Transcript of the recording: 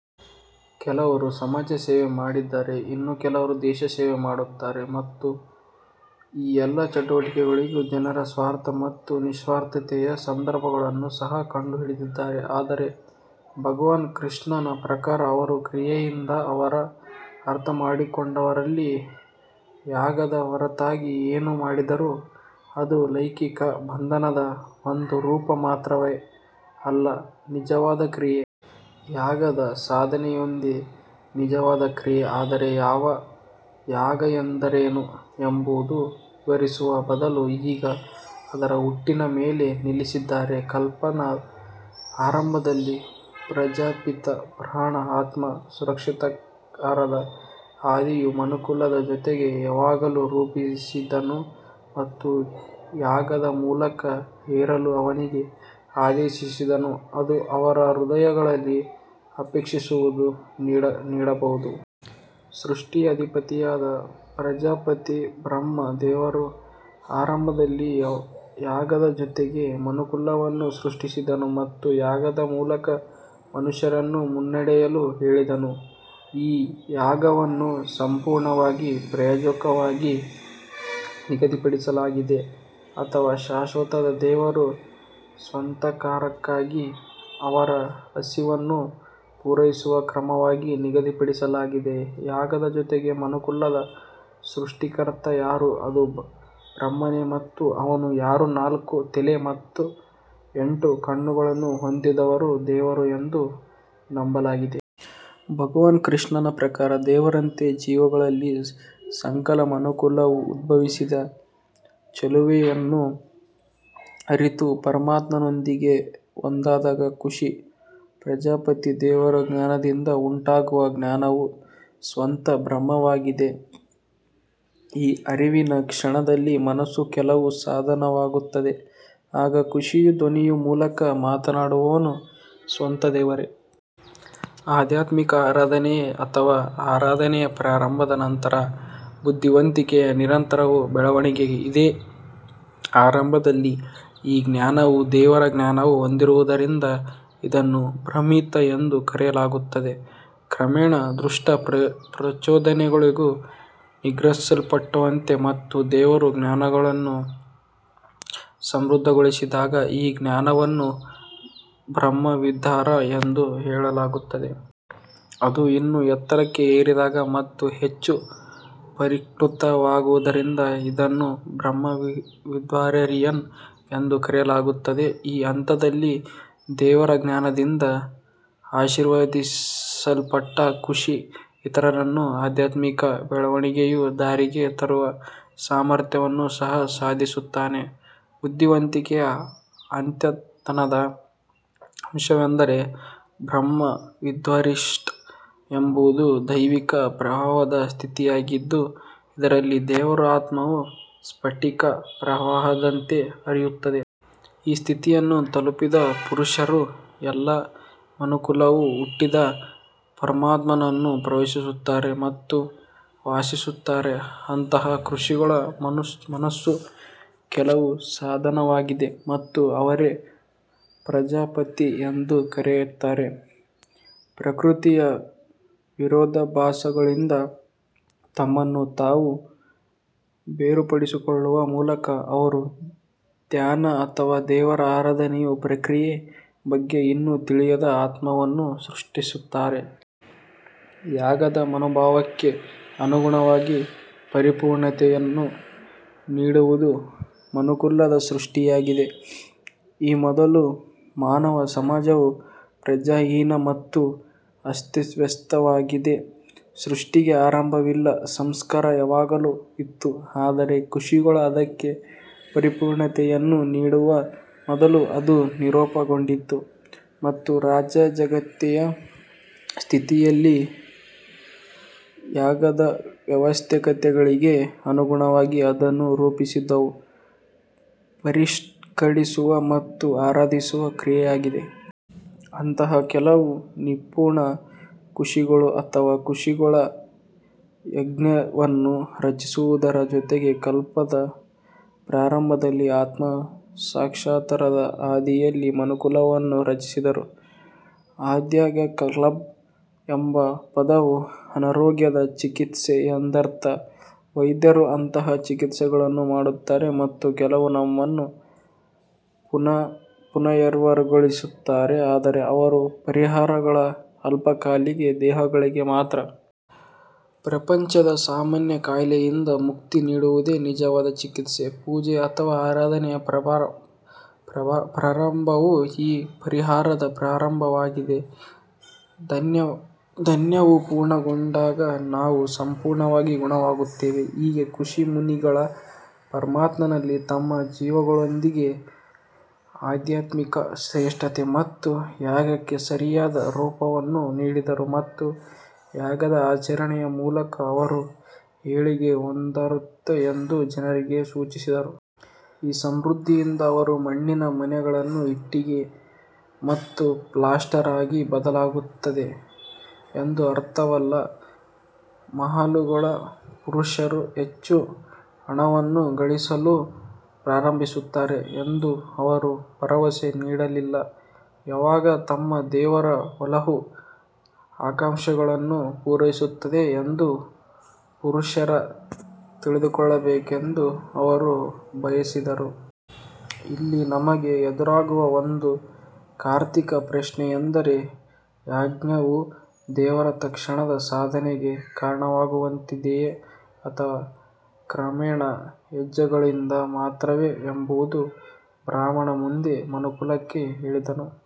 ಕೆಲವರು ಸಮಾಜ ಸೇವೆ ಮಾಡಿದರೆ ಇನ್ನು ಕೆಲವರು ದೇಶ ಸೇವೆ ಮಾಡುತ್ತಾರೆ ಮತ್ತು ಈ ಎಲ್ಲಾ ಚಟುವಟಿಕೆಗಳಿಗೆ ಜನರು ಸ್ವಾರ್ಥ ಮತ್ತು ನಿಸ್ವಾರ್ಥತೆಯ ಸಂದರ್ಭಗಳನ್ನು ಸಹ ಕಂಡುಹಿಡಿದಿದ್ದಾರೆ ಆದರೆ ಭಗವಾನ್ ಕೃಷ್ಣನ ಪ್ರಕಾರ ಅವರು ಕ್ರಿಯೆಯಿಂದ ಅವರು ಅರ್ಥಮಾಡಿಕೊಂಡವರಲ್ಲ. ಯಾಗದ ಹೊರತಾಗಿ ಏನು ಮಾಡಿದರೂ ಅದು ಲೌಕಿಕ ಬಂಧನದ ಒಂದು ರೂಪ ಮಾತ್ರವೇ ಅಲ್ಲ ನಿಜವಾದ ಕ್ರಿಯೆ. ಯಾಗದ ಸಾಧನೆಯೊಂದೇ ನಿಜವಾದ ಕ್ರಿಯೆ ಆದರೆ ಯಾಗ ಎಂದರೇನು ಎಂಬುದನ್ನು ವಿವರಿಸುವ ಬದಲು ಈಗ ಅದರ ಹುಟ್ಟಿನ ಮೇಲೆ ನೆಲೆಸಿದ್ದಾರೆ. ಕಲ್ಪದ ಆರಂಭದಲ್ಲಿ ಪ್ರಜಾಪಿತ ಬ್ರಹ್ಮನು ಆತ್ಮ ಸಾಕ್ಷಾತ್ಕಾರದ ಹಾದಿಯು ಮನುಕುಲದ ಜೊತೆಗೆ ಯಾಗವನ್ನು ರೂಪಿಸಿದನು ಮತ್ತು ಯಾಗದ ಮೂಲಕ ಏರಲು ಅವರಿಗೆ ಆದೇಶಿಸಿದನು ಅದು ಅವರ ಹೃದಯಗಳು ಅಪೇಕ್ಷಿಸುವುದನ್ನು ನೀಡಬಹುದು. ಸೃಷ್ಟಿಯ ಅಧಿಪತಿಯಾದ ಪ್ರಜಾಪತಿ ಬ್ರಹ್ಮ ದೇವರು ಆರಂಭದಲ್ಲಿ ಯಾಗದ ಜೊತೆಗೆ ಮನುಕುಲವನ್ನು ಸೃಷ್ಟಿಸಿದನು ಮತ್ತು ಯಾಗದ ಮೂಲಕ ಮನುಷ್ಯರನ್ನು ಮುನ್ನಡೆಯಲು ಹೇಳಿದನು. ಈ ಯಾಗವನ್ನು ಸಂಪೂರ್ಣವಾಗಿ ಪ್ರಾಯೋಜಕವಾಗಿ ನಿಗದಿಪಡಿಸಲಾಗಿದೆ ಅಥವಾ ಶಾಶ್ವತ ದೇವರ ಸಾಕ್ಷಾತ್ಕಾರಕ್ಕಾಗಿ ಅವರ ಹಸಿವನ್ನು ಪೂರೈಸುವ ಕ್ರಮವಾಗಿ ನಿಗದಿಪಡಿಸಲಾಗಿದೆ. ಯಾಗದ ಜೊತೆಗೆ ಮನುಕುಲದ ಸೃಷ್ಟಿಕರ್ತ ಯಾರು ಅದು ಬ್ರಹ್ಮನೇ ಮತ್ತು ಅವನು ಯಾರು ನಾಲ್ಕು ತಲೆ ಮತ್ತು ಎಂಟು ಕಣ್ಣುಗಳನ್ನು ಹೊಂದಿರುವ ದೇವರು ಎಂದು ನಂಬಲಾಗಿದೆ. ಭಗವಾನ್ ಕೃಷ್ಣನ ಪ್ರಕಾರ ದೇವರಂತೆ ಜೀವಿಗಳಿಲ್ಲ. ಸಕಲ ಮನುಕುಲವು ಉದ್ಭವಿಸಿದ ಚಿಲುಮೆಯನ್ನು ಅರಿತು ಪರಮಾತ್ಮನೊಂದಿಗೆ ಒಂದಾದ ಋಷಿ ಪ್ರಜಾಪತಿ. ದೇವರ ಜ್ಞಾನದಿಂದ ಉಂಟಾಗುವ ಜ್ಞಾನವು ಸ್ವತಃ ಬ್ರಹ್ಮವಾಗಿದೆ. ಈ ಅರಿವಿನ ಕ್ಷಣದಲ್ಲಿ ಮನಸ್ಸು ಕೇವಲ ಸಾಧನವಾಗುತ್ತದೆ. ಆಗ ಋಷಿಯ ಧ್ವನಿಯ ಮೂಲಕ ಮಾತನಾಡುವವನು ಸ್ವತಃ ದೇವರೇ. ಆಧ್ಯಾತ್ಮಿಕ ಆರಾಧನೆ ಅಥವಾ ಆರಾಧನೆಯ ಪ್ರಾರಂಭದ ನಂತರ ಬುದ್ಧಿವಂತಿಕೆಯ ನಿರಂತರ ಬೆಳವಣಿಗೆ ಇದೆ. ಆರಂಭದಲ್ಲಿ ಈ ಜ್ಞಾನವು ದೇವರ ಜ್ಞಾನವನ್ನು ಹೊಂದಿರುವುದರಿಂದ ಇದನ್ನು ಬ್ರಹ್ಮವಿತ್ ಎಂದು ಕರೆಯಲಾಗುತ್ತದೆ. ಕ್ರಮೇಣ ದುಷ್ಟ ಪ್ರಚೋದನೆಗಳು ನಿಗ್ರಹಿಸಲ್ಪಟ್ಟಂತೆ ಮತ್ತು ದೇವರ ಜ್ಞಾನವನ್ನು ಸಮೃದ್ಧಗೊಳಿಸಿದಾಗ ಈ ಜ್ಞಾನವನ್ನು ಬ್ರಹ್ಮವಿದ್ವಾರ್ ಎಂದು ಹೇಳಲಾಗುತ್ತದೆ. ಅದು ಇನ್ನೂ ಎತ್ತರಕ್ಕೆ ಏರಿದಾಗ ಮತ್ತು ಹೆಚ್ಚು ಪರಿಷ್ಕೃತವಾಗುವುದರಿಂದ ಇದನ್ನು ಬ್ರಹ್ಮವಿದ್ವಾರಿಯನ್ ಎಂದು ಕರೆಯಲಾಗುತ್ತದೆ. ಈ ಹಂತದಲ್ಲಿ ದೇವರ ಜ್ಞಾನದಿಂದ ಆಶೀರ್ವದಿಸಲ್ಪಟ್ಟ ಋಷಿ ಇತರರನ್ನು ಆಧ್ಯಾತ್ಮಿಕ ಬೆಳವಣಿಗೆಯ ದಾರಿಗೆ ತರುವ ಸಾಮರ್ಥ್ಯವನ್ನು ಸಹ ಸಾಧಿಸುತ್ತಾನೆ. ಬುದ್ಧಿವಂತಿಕೆಯ ಅತ್ಯುನ್ನತ ಅಂಶವೆಂದರೆ ಬ್ರಹ್ಮವಿದ್ವಾರಿಷ್ಟ್ ಎಂಬುದು ದೈವಿಕ ಪ್ರವಾಹದ ಸ್ಥಿತಿಯಾಗಿದ್ದು ಇದರಲ್ಲಿ ದೇವರ ಆತ್ಮವು ಸ್ಫಟಿಕ ಪ್ರವಾಹದಂತೆ ಹರಿಯುತ್ತದೆ. ಈ ಸ್ಥಿತಿಯನ್ನು ತಲುಪಿದ ಪುರುಷರು ಎಲ್ಲ ಮಾನವಕುಲವು ಹುಟ್ಟಿದ ಪರಮಾತ್ಮನನ್ನು ಪ್ರವೇಶಿಸುತ್ತಾರೆ ಮತ್ತು ವಾಸಿಸುತ್ತಾರೆ. ಅಂತಹ ಋಷಿಗಳ ಮನಸ್ಸು ಕೇವಲ ಸಾಧನವಾಗಿದೆ ಮತ್ತು ಅವರೇ ಪ್ರಜಾಪತಿ ಎಂದು ಕರೆಯುತ್ತಾರೆ. ಪ್ರಕೃತಿಯ ವಿರೋಧಾಭಾಸಗಳಿಂದ ತಮ್ಮನ್ನು ತಾವು ಬೇರ್ಪಡಿಸಿಕೊಳ್ಳುವ ಮೂಲಕ ಅವರು ಧ್ಯಾನ ಅಥವಾ ದೇವರ ಆರಾಧನೆಯ ಪ್ರಕ್ರಿಯೆಯ ಬಗ್ಗೆ ಇನ್ನೂ ತಿಳಿಯದ ಆತ್ಮವನ್ನು ಸೃಷ್ಟಿಸುತ್ತಾರೆ. ಯಾಗದ ಮನೋಭಾವಕ್ಕೆ ಅನುಗುಣವಾಗಿ ಪರಿಪೂರ್ಣತೆಯನ್ನು ನೀಡುವುದು ಮನುಕುಲದ ಸೃಷ್ಟಿಯಾಗಿದೆ. ಈ ಮೊದಲು ಮಾನವ ಸಮಾಜವು ಪ್ರಜ್ಞಾಹೀನ ಮತ್ತು ಅಸ್ತವ್ಯಸ್ತವಾಗಿದೆ. ಸೃಷ್ಟಿಗೆ ಆರಂಭವಿಲ್ಲ. ಸಂಸ್ಕಾರ ಯಾವಾಗಲೂ ಇತ್ತು ಆದರೆ ಋಷಿಗಳು ಅದಕ್ಕೆ ಪರಿಪೂರ್ಣತೆಯನ್ನು ನೀಡುವ ಮೊದಲು ಅದು ವಿರೂಪಗೊಂಡಿತು ಮತ್ತು ಅರಾಜಕತೆಯ ಸ್ಥಿತಿಯಲ್ಲಿತ್ತು. ಯಾಗದ ಅವಶ್ಯಕತೆಗಳಿಗೆ ಅನುಗುಣವಾಗಿ ಅದನ್ನು ರೂಪಿಸುವುದು ಪರಿಷ್ಕರಿಸುವ ಮತ್ತು ಆರಾಧಿಸುವ ಕ್ರಿಯೆಯಾಗಿದೆ. ಅಂತಹ ಕೆಲವು ನಿಪುಣ ಋಷಿಗಳು ಅಥವಾ ಋಷಿಗಳು ಯಜ್ಞವನ್ನು ರಚಿಸುವುದರ ಜೊತೆಗೆ ಕಲ್ಪದ ಪ್ರಾರಂಭದಲ್ಲಿ ಆತ್ಮ ಸಾಕ್ಷಾತ್ಕಾರದ ಹಾದಿಯಲ್ಲಿ ಮನುಕುಲವನ್ನು ರಚಿಸಿದರು. ಆದಾಗ್ಯೂ ಕಲ್ಪ್ ಎಂಬ ಪದವು ಅನಾರೋಗ್ಯದ ಚಿಕಿತ್ಸೆ ಎಂದರ್ಥ. ವೈದ್ಯರು ಅಂತಹ ಚಿಕಿತ್ಸೆಗಳನ್ನು ಮಾಡುತ್ತಾರೆ ಮತ್ತು ಕೆಲವರು ನಮ್ಮನ್ನು ಪುನರ್ಯೌವನಗೊಳಿಸುತ್ತಾರೆ ಆದರೆ ಅವರ ಪರಿಹಾರಗಳು ಅಲ್ಪಕಾಲಿಕ ದೇಹಗಳಿಗೆ ಮಾತ್ರ. ಪ್ರಪಂಚದ ಸಾಮಾನ್ಯ ಕಾಯಿಲೆಯಿಂದ ಮುಕ್ತಿ ನೀಡುವುದೇ ನಿಜವಾದ ಚಿಕಿತ್ಸೆ. ಪೂಜೆ ಅಥವಾ ಆರಾಧನೆಯ ಪ್ರಾರಂಭವು ಈ ಪರಿಹಾರದ ಪ್ರಾರಂಭವಾಗಿದೆ. ಧ್ಯಾನವು ಪೂರ್ಣಗೊಂಡಾಗ ನಾವು ಸಂಪೂರ್ಣವಾಗಿ ಗುಣಮುಖರಾಗುತ್ತೇವೆ. ಹೀಗೆ ಋಷಿಮುನಿಗಳು ಪರಮಾತ್ಮನಲ್ಲಿ ತಮ್ಮ ಜೀವಿಗಳೊಂದಿಗೆ ಆಧ್ಯಾತ್ಮಿಕ ಶ್ರೇಷ್ಠತೆ ಮತ್ತು ಯಾಗಕ್ಕೆ ಸರಿಯಾದ ರೂಪವನ್ನು ನೀಡಿದರು ಮತ್ತು ಯಾಗದ ಆಚರಣೆಯ ಮೂಲಕ ಅವರು ಏಳಿಗೆ ಹೊಂದುತ್ತಾರೆ ಎಂದು ಜನರಿಗೆ ಸೂಚಿಸಿದರು. ಈ ಸಮೃದ್ಧಿಯಿಂದ ಅವರು ಮಣ್ಣಿನ ಮನೆಗಳು ಇಟ್ಟಿಗೆ ಮತ್ತು ಪ್ಲಾಸ್ಟರ್ ಆಗಿ ಬದಲಾಗುತ್ತವೆ ಎಂದು ಅರ್ಥವಲ್ಲ. ಮಹಲುಗಳು ಪುರುಷರು ಹೆಚ್ಚು ಹಣವನ್ನು ಗಳಿಸಲು ಪ್ರಾರಂಭಿಸುತ್ತಾರೆ ಎಂದು ಅವರು ಭರವಸೆ ನೀಡಲಿಲ್ಲ. ಯಾಗವು ತಮ್ಮ ದೇವರ ಒಲವು ಆಕಾಂಕ್ಷೆಗಳನ್ನು ಪೂರೈಸುತ್ತದೆ ಎಂದು ಪುರುಷರು ತಿಳಿದುಕೊಳ್ಳಬೇಕೆಂದು ಅವರು ಬಯಸಿದರು. ಇಲ್ಲಿ ನಮಗೆ ಎದುರಾಗುವ ಒಂದು ತಾರ್ಕಿಕ ಪ್ರಶ್ನೆಯೆಂದರೆ ಯಜ್ಞವು ದೇವರ ತಕ್ಷಣದ ಸಾಧನೆಗೆ ಕಾರಣವಾಗುತ್ತದೆಯೇ ಅಥವಾ ಕ್ರಮೇಣ ಹೆಜ್ಜೆಗಳಿಂದ ಮಾತ್ರವೇ ಎಂಬುದು. ಬ್ರಹ್ಮನು ಮುಂದೆ ಮನುಕುಲಕ್ಕೆ ಹೇಳಿದನು.